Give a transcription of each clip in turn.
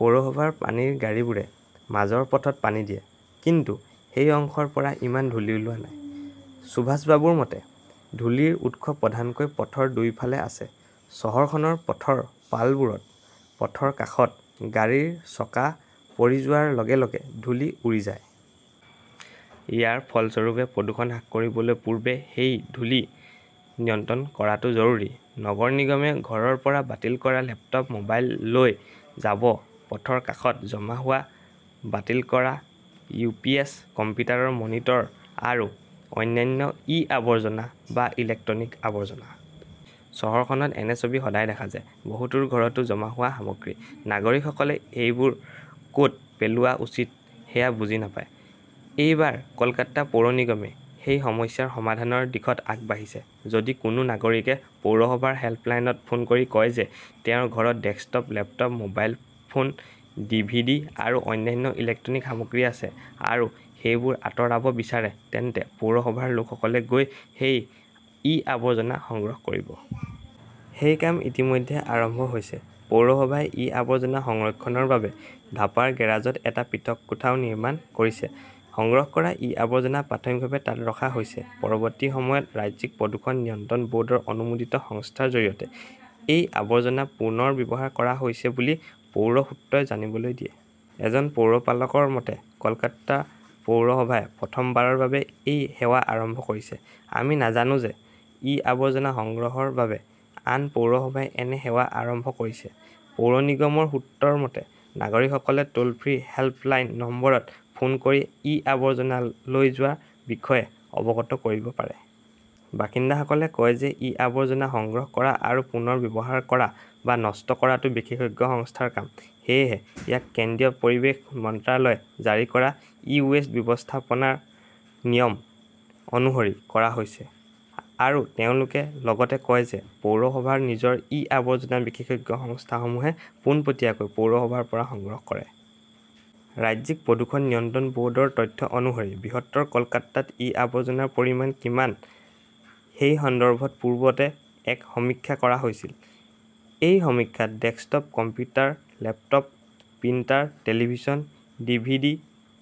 পৌৰসভাৰ পানীৰ গাড়ীবোৰে মাজৰ পথত পানী দিয়ে। কিন্তু সেই অংশৰ পৰা ইমান ধূলি ওলোৱা নাই। সুভাষ বাবুৰ মতে, ধূলিৰ উৎস প্ৰধানকৈ পথৰ দুয়োফালে আছে। চহৰখনৰ পথৰ পালবোৰত পথৰ কাষত গাড়ীৰ চকা পৰি যোৱাৰ লগে-লগে ধূলি উৰি যায়। ইয়াৰ ফলস্বৰূপে, প্ৰদূষণ হ্ৰাস কৰিবলৈ পূৰ্বে সেই ধূলি নিয়ন্ত্ৰণ কৰাটো জৰুৰী। নগৰ নিগমে ঘৰৰ পৰা বাতিল কৰা লেপটপ, মোবাইল লৈ যাব পথৰ কাষত জমা হোৱা বাতিল কৰা ইউ. পি. এছ., কম্পিউটাৰৰ মনিটৰ আৰু অন্যান্য ই-আৱৰ্জনা বা ইলেক্ট্ৰনিক আৱৰ্জনা। চহৰখনত এনে ছবি সদায় দেখা যায়। বহুতোৰ ঘৰতো জমা হোৱা সামগ্ৰী। নাগৰিকসকলে এইবোৰ কত পেলোৱা উচিত সেয়া বুজি নাপায়। এইবাৰ কলকাতা পৌৰ নিগমে সেই সমস্যাৰ সমাধানৰ দিশত আগবাঢ়িছে। যদি কোনো নাগৰিকে পৌৰসভাৰ হেল্পলাইনত ফোন কৰি কয় যে তেওঁৰ ঘৰত desktop, laptop, mobile phone, DVD আৰু অন্যান্য ইলেক্ট্ৰনিক সামগ্ৰী আছে আৰু সেইবোৰ আঁতৰাব বিচাৰে, তেন্তে পৌৰসভাৰ লোকসকলে গৈ সেই ই-আৱৰ্জনা সংগ্ৰহ কৰিব। সেই কাম ইতিমধ্যে আৰম্ভ হৈছে। পৌৰসভাই ই-আৱৰ্জনা সংৰক্ষণৰ বাবে ধাপাৰ গেৰাজত এটা পৃথক কোঠাও নিৰ্মাণ কৰিছে। সংগ্ৰহ কৰা ই-আৱৰ্জনা প্ৰাথমিকভাৱে তাত ৰখা হৈছে। পৰৱৰ্তী সময়ত ৰাজ্যিক প্ৰদূষণ নিয়ন্ত্ৰণ বৰ্ডৰ অনুমোদিত সংস্থাৰ জৰিয়তে এই আৱৰ্জনা পুনৰ্ব্যৱহাৰ কৰা হৈছে বুলি পৌৰ সূত্ৰই জানিবলৈ দিয়ে। এজন পৌৰপালকৰ মতে, কলকাতা পৌৰসভাই প্ৰথমবাৰৰ বাবে এই সেৱা আৰম্ভ কৰিছে। আমি নাজানো যে ই-আৱৰ্জনা সংগ্ৰহৰ বাবে আন পৌৰসভাই এনে সেৱা আৰম্ভ কৰিছে। পৌৰ নিগমৰ সূত্ৰৰ মতে, নাগৰিকসকলে টোল-ফ্ৰী হেল্প লাইন নম্বৰত ফোন কৰি ই-আৱৰ্জনা লৈ যোৱাৰ বিষয়ে অৱগত কৰিব পাৰে। বাসিন্দাসকলে কয় যে ই-আৱৰ্জনা সংগ্ৰহ কৰা আৰু পুনৰ ব্যৱহাৰ কৰা বা নষ্ট কৰাটো বিশেষজ্ঞ সংস্থাৰ কাম। সেয়েহে ইয়াক কেন্দ্ৰীয় পৰিৱেশ মন্ত্ৰালয়ে জাৰি কৰা 'ই-ৱেষ্ট ব্যৱস্থাপনা নিয়ম, অনুসৰি কৰা হৈছে। আৰু তেওঁলোকে লগতে কয় যে পৌৰসভাৰ নিজৰ ই-আৱৰ্জনা বিশেষজ্ঞ সংস্থাসমূহে পোনপটীয়াকৈ পৌৰসভাৰ পৰা সংগ্ৰহ কৰে। ৰাজ্যিক প্ৰদূষণ নিয়ন্ত্ৰণ বৰ্ডৰ তথ্য অনুসৰি বৃহত্তৰ কলকাতাত ই-আৱৰ্জনাৰ পৰিমাণ কিমান সেই সন্দৰ্ভত পূৰ্বতে এক সমীক্ষা কৰা হৈছিল। এই সমীক্ষাত desktop computer, laptop, printer, television, DVD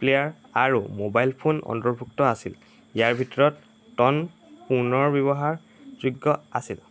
player আৰু মোবাইল ফোন অন্তৰ্ভুক্ত আছিল। ইয়াৰ ভিতৰত টন পুনৰ্ব্যৱহাৰযোগ্য আছিল।